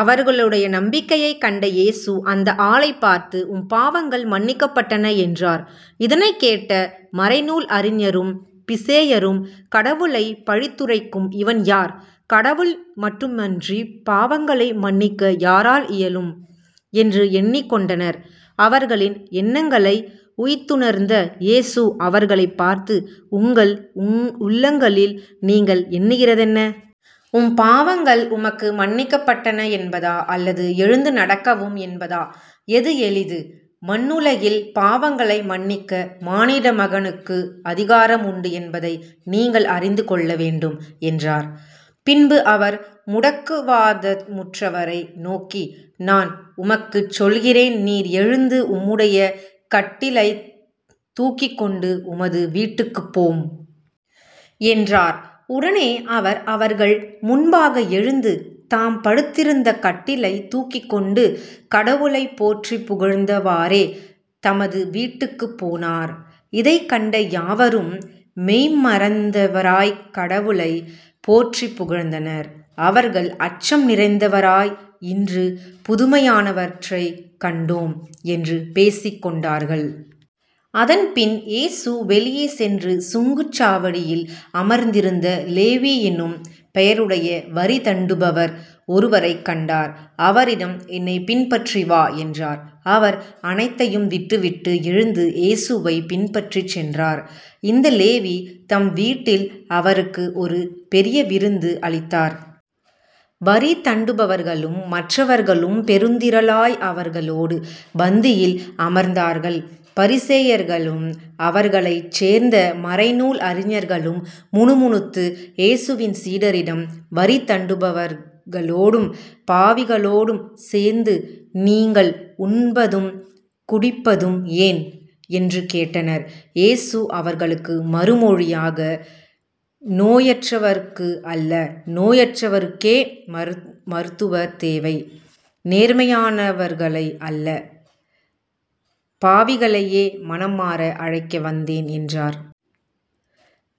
அவர்களுடைய நம்பிக்கையைக் கண்ட இயேசு அந்த ஆளைப் பார்த்து உம் பாவங்கள் மன்னிக்கப்பட்டன என்றார். இதனைக் கேட்ட மறைநூல் அறிஞரும் பிசேயரும் கடவுளைப் பழித்துரைக்கும் இவன் யார்? கடவுள் மட்டுமன்றிப் பாவங்களை மன்னிக்க யாரால் இயலும்? என்று எண்ணிக்கொண்டனர். அவர்களின் எண்ணங்களை உய்த்துணர்ந்த இயேசு அவர்களைப் பார்த்து உங்கள் உள்ளங்களில் நீங்கள் எண்ணுகிறதென்ன? உம் பாவங்கள் உமக்கு மன்னிக்கப்பட்டன என்பதா அல்லது எழுந்து நடக்கவும் என்பதா எது எளிது? மண்ணுலகில் பாவங்களை மன்னிக்க மானிடமகனுக்கு அதிகாரம் உண்டு என்பதை நீங்கள் அறிந்துகொள்ள வேண்டும் என்றார். பின்பு அவர் முடக்குவாதமுற்றவரை நோக்கி நான் உமக்குச் சொல்கிறேன் நீர் எழுந்து உம்முடைய கட்டிலைத் தூக்கிக்கொண்டு உமது வீட்டுக்குப் போம். என்றார். உடனே அவர் அவர்கள் முன்பாக எழுந்து, தாம் படுத்திருந்த கட்டிலைத் தூக்கிக்கொண்டு கடவுளைப் போற்றிப் புகழ்ந்தவாறே தமது வீட்டுக்குப் போனார். இதைக் கண்ட யாவரும் மெய்ம் மறந்தவராய்க் கடவுளைப் போற்றிப் புகழ்ந்தனர். அவர்கள் அச்சம் நிறைந்தவராய் இன்று புதுமையானவற்றைக் கண்டோம். என்று பேசிக் கொண்டார்கள். அதன்பின் இயேசு வெளியே சென்று சுங்கச் சாவடியில் அமர்ந்திருந்த லேவி என்னும் பெயருடைய வரி தண்டுபவர் ஒருவரைக் கண்டார் அவரிடம் என்னைப் பின்பற்றி வா. என்றார். அவர் அனைத்தையும் விட்டுவிட்டு எழுந்து இயேசுவைப் பின்பற்றிச் சென்றார். இந்த லேவி தம் வீட்டில் அவருக்கு ஒரு பெரியவிருந்து அளித்தார். வரி தண்டுபவர்களும் மற்றவர்களும் பெருந்திரளாய் அவர்களோடு பந்தியில் அமர்ந்தார்கள். பரிசேயர்களும் அவர்களைச் சேர்ந்த மறைநூல் அறிஞர்களும் முணுமுணுத்து இயேசுவின் சீடரிடம் வரிதண்டுபவர்களோடும் பாவிகளோடும் சேர்ந்து நீங்கள் உண்பதும் குடிப்பதும் ஏன்? என்று கேட்டனர். இயேசு அவர்களுக்கு மறுமொழியாக நோயற்றவர்க்கு அல்ல, நோயுற்றவர்க்கே மருத்துவர் தேவை. நேர்மையாளர்களை அல்ல, பாவிகளையே மனம் மாற அழைக்க வந்தேன் என்றார்.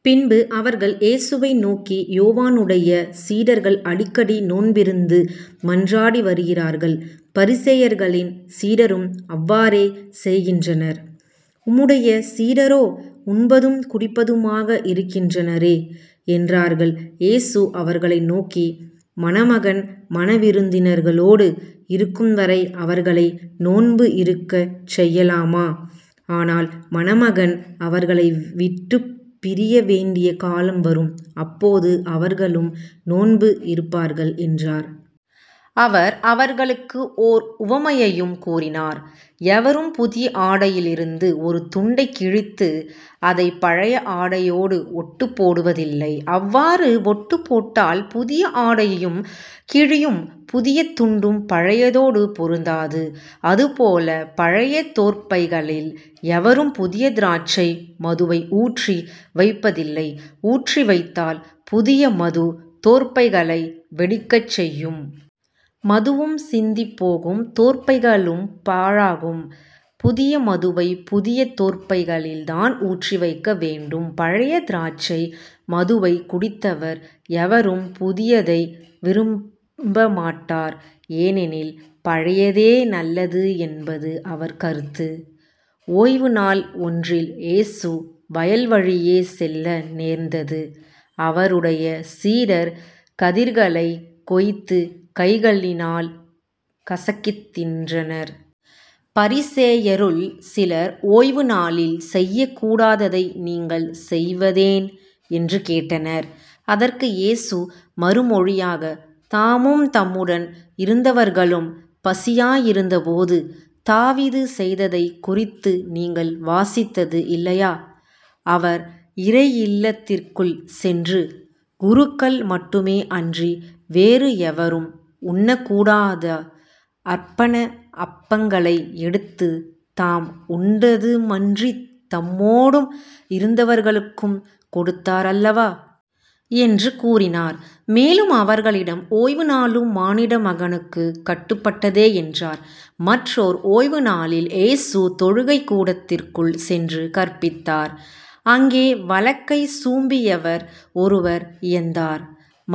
பின்பு அவர்கள் இயேசுவை நோக்கி யோவானுடைய சீடர்கள் அடிக்கடி நோன்பிருந்து மன்றாடி வருகிறார்கள் பரிசேயர்களின் சீடரும் அவ்வாறே செய்கின்றனர். உம்முடைய சீடரோ உண்பதும் குடிப்பதுமாக இருக்கின்றனரே. என்றார்கள். இயேசு அவர்களை நோக்கி மணமகன் மணவிருந்தினர்களோடு இருக்கும் வரை அவர்களை நோன்பு இருக்கச் செய்யலாமா? ஆனால் மணமகன் அவர்களைவிட்டுப் பிரியவேண்டிய காலம் வரும் அப்போது அவர்களும் நோன்பு இருப்பார்கள் என்றார். அவர் அவர்களுக்கு ஓர் உவமையையும் கூறினார் எவரும் புதிய ஆடையிலிருந்து ஒரு துண்டைக் கிழித்து அதைப் பழைய ஆடையோடு ஒட்டுப் போடுவதில்லை. அவ்வாறு ஒட்டுப் போட்டால் புதிய ஆடையும் கிழியும் புதிய துண்டும் பழையதோடு பொருந்தாது. அதுபோலபப் பழைய தோற்பைகளில் எவரும் புதிய திராட்சை மதுவை ஊற்றி வைப்பதில்லை ஊற்றி வைத்தால் புதிய மது தோற்பைகளை வெடிக்கச் செய்யும். மதுவும் சிந்திப் போகும் தோற்பைகளும் பாழாகும். புதிய மதுவைப் புதிய தோற்பைகளில்தான் ஊற்றி வைக்க வேண்டும். பழைய திராட்சை மதுவைக் குடித்தவர் எவரும் புதியதை விரும்பமாட்டார் ஏனெனில் பழையதே நல்லது என்பது அவர் கருத்து. ஓய்வுநாள் ஒன்றில் இயேசு வயல்வழியே செல்ல நேர்ந்தது. அவருடைய சீடர் கதிர்களைக் கொய்து கைகளினால் கசக்கித் தின்றனர். பரிசேயருள் சிலர் ஓய்வுநாளில் செய்யக் கூடாததை நீங்கள் செய்வதேன்? என்று கேட்டனர். அதற்கு இயேசு மறுமொழியாக தாமும் தம்முடன் இருந்தவர்களும் பசியாய் இருந்த போது, தாவீது செய்ததைக் குறித்து நீங்கள் வாசித்தது இல்லையா? அவர் இறை இல்லத்திற்குள் சென்று குருக்கள் மட்டுமே அன்றி வேறு எவரும் உண்ணக்கூடாத அர்ப்பண அப்பங்களை எடுத்துத் தாம் உண்டதுமன்றித் தம்மோடும் இருந்தவர்களுக்கும் கொடுத்தார் அல்லவா? என்று கூறினார். மேலும் அவர்களிடம் ஓய்வுநாளும் மானிடமகனுக்குக் கட்டுப்பட்டதே என்றார். மற்றோர் ஓய்வுநாளில் இயேசு தொழுகைக்கூடத்திற்குள் சென்று கற்பித்தார். அங்கே வலக்கை சூம்பியவர் ஒருவர் இருந்தார்.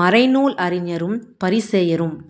மறைநூல் அறிஞரும் பரிசேயரும்